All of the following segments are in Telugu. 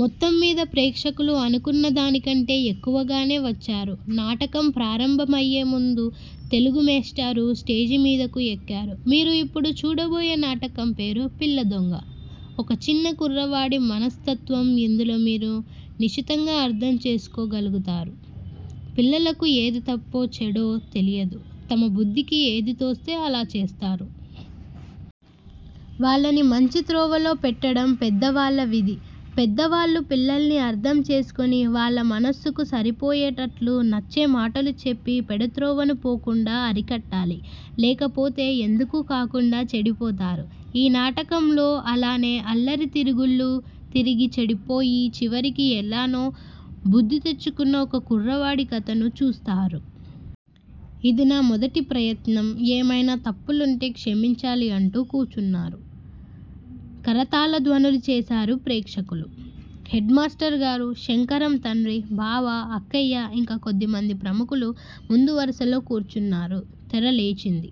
మొత్తంమీద ప్రేక్షకులు అనుకున్నదానికంటే ఎక్కువగానే వచ్చారు. నాటకం ప్రారంభమయ్యేముందు తెలుగుమేష్టారు స్టేజిమీదకు ఎక్కారు. మీరు యిప్పుడు చూడబోయే నాటకంపేరు పిల్లదొంగ. ఒక చిన్న కుర్రవాడి మనస్తత్వం యిందులో మీరు నిశితంగా అర్ధం చేసుకోగల్గుతారు. పిల్లలకు ఏది తప్పో, చెడ్డో తెలియదు. తమబుద్దికి ఏది తోస్తే అలా చేస్తారు. వాళ్ళని మంచి త్రోవలో పెట్టటం పెద్దవాళ్ళ విధి. పెద్దవాళ్ళు పిల్లల్ని అర్ధం చేసుకొని వాళ్ళమనస్సుకు సరిపోయేటట్లు నచ్చేమాటలు చెప్పి పెడత్రోవను పోకుండా అరికట్టాలి. లేకపోతే ఎందుకూ కాకుండా చెడిపోతారు. ఈ నాటకంలో అలానే అల్లరి తిరుగుళ్ళు తిరిగి చెడిపోయి చివరికి ఎలానో బుద్దితెచ్చుకున్న ఒక కుర్రవాడి కథను చూస్తాహరు. ఇది నా మొదటి ప్రయత్నం ఏమైనా తప్పులుంటే క్షమించాలి అంటూ కూచున్నారు. కరతాళధ్వనులు చేశారు ప్రేక్షకులు. హెడ్ మాస్టర్ గారు, శంకరం తండ్రి, బావ, అక్కయ్య ఇంకా కొద్దిమంది ప్రముఖులు ముందువరుసలో కూర్చున్నారు తెర లేచింది.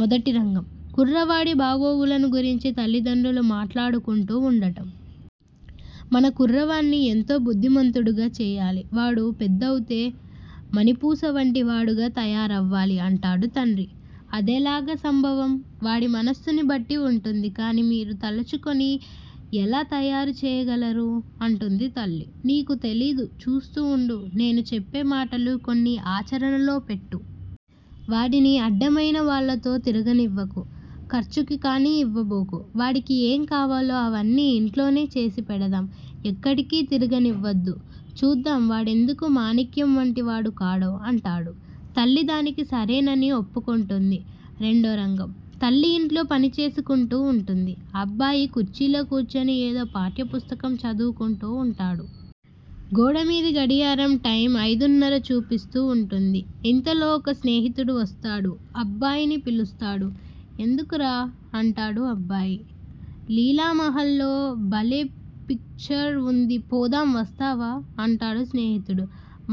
మొదటి రంగం: కుర్రవాడి బాగోగులను గురించి తల్లిదండ్రులు మాట్లాడుకుంటూ వుండటం. మన కుర్రవాన్ని ఎంతో బుద్దిమంతుడుగా చెయ్యాలి. వాడు పెద్దవుతే మణిపూసవంటివాడుగా తయారవ్వాలి అంటాడు తండ్రి. అదెలాగ సంభవం? వాడి మనస్సుని బట్టి వుంటుంది కాని మీరు తలుచుకుని ఎలా తయారు చెయ్యగలరు? అంటుంది తల్లి. నీకు తెలీదు చూస్తూ వుండు. నేను చెప్పేమాటలు కొన్ని ఆచరణలోపెట్టు. వాడిని అడ్డమయినవాళ్ళతో తిరగనివ్వకు. ఖర్చుకి కాణీ యివ్వబోకు. వాడికి ఏంకావాలో అవన్నీ యింట్లోనే చేసిపెడదాం. ఎక్కడికీ తిరగనివ్వద్దు. చూద్దాం వాడెందుకు మాణిక్యం వంటివాడు కాడో! అంటాడు. తల్లి దానికి సరేనని ఒప్పుకుంటుంది. రెండో రంగం: తల్లి యింట్లో పనిచేసుకుంటూ వుంటుంది. అబ్బాయి కుర్చీలో కూర్చుని ఏదో పాఠ్యపుస్తకం చదువుకుంటూ వుంటాడు. గోడమీది గడియారం టైం అయిదున్నర చూపిస్తూ వుంటుంది. ఇంతలో ఒక స్నేహితుడు వస్తాడు. అబ్బాయిని పిలుస్తాడు. ఎందుకురా? అంటాడు అబ్బాయి. లీలామహల్లో బలే పిక్చర్ వుంది పోదాం వస్తావా? అంటాడు స్నేహితుడు.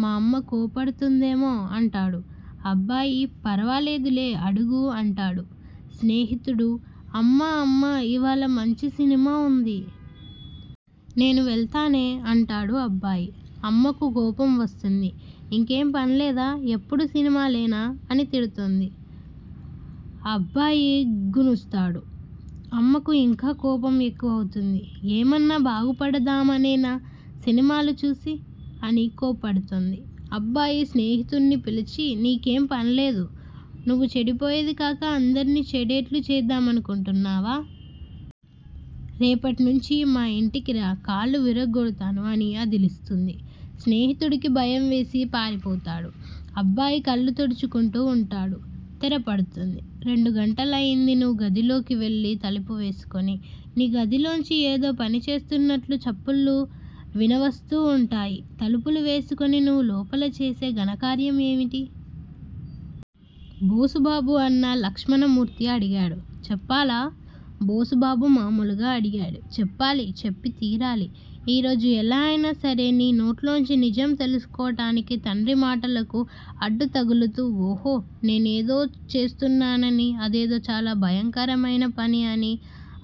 మా అమ్మ కోప్పడుతుందేమో అంటాడు. అబ్బాయి ఫర్వాలేదులే అడుగు అంటాడు స్నేహితుడు అమ్మా అమ్మా ఇవాళ మంచి సినిమా వుంది. నేను వెళ్తానే అంటాడు అబ్బాయి. అమ్మకు కోపం వస్తుంది. ఇంకేం పన్లేదా? ఎప్పుడూ సినిమాలేనా? అని తిడుతుంది. అబబాయి గునుస్తాడు. అమ్మకు యింకా కోపం ఎక్కువవుతుంది. ఏమన్నా బాగుపడదామనేనా సినిమాలు చూసి? అని కోప్పడుతుంది. అబ్బాయి స్నేహితున్ని పిలిచి నీకేం పనిలేదూ? నువ్వు చెడిపోయేది కాక అందర్నీ చెడేట్లు చేద్దామనుకుంటున్నావా? రేపటినుంచి మా యింటికిరా, కాళ్ళు విరగ్గొడతాను అని అదిలిస్తుంది. స్నేహితుడికి భయంవేసి పారిపోతాడు. అబ్బాయి కళ్ళు తుడుచుకుంటూ వుంటాడు. తెర పడుతుంది. రెండు గంటలయ్యింది నువ్వు గదిలోకి వెళ్ళి తలుపు వేసుకుని. నీ గదిలోంచి ఏదో పని చేస్తున్నట్లు చప్పుళ్లు వినవస్తూ వుంటాయి. తలుపులు వేసుకుని నువ్వు లోపల చేసే ఘనకార్యం ఏమిటి? బోసుబాబు అన్న లక్ష్మణమూర్తి అడిగాడు. చెప్పాలా? బోసుబాబు మామూలుగా అడిగాడు. చెప్పాలి! చెప్పి తీరాలి. ఈరోజు ఎలా అయినా సరే నీ నోట్లోంచి నిజం తెలుసుకోటానికి తండ్రి మాటలకు అడ్డుతగులుతూ ఓహో! నేనేదో చేస్తున్నానని అదేదో చాలా భయంకరమైన పని అని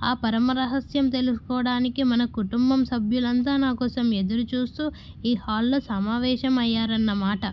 ఆ పరమరహస్యం తెలుసుకోటానికి మన కుటుంబ సభ్యులంతా నాకోసం ఎదురు చూస్తూ ఈ హాల్ లో సమావేశం అయ్యారన్నమాట!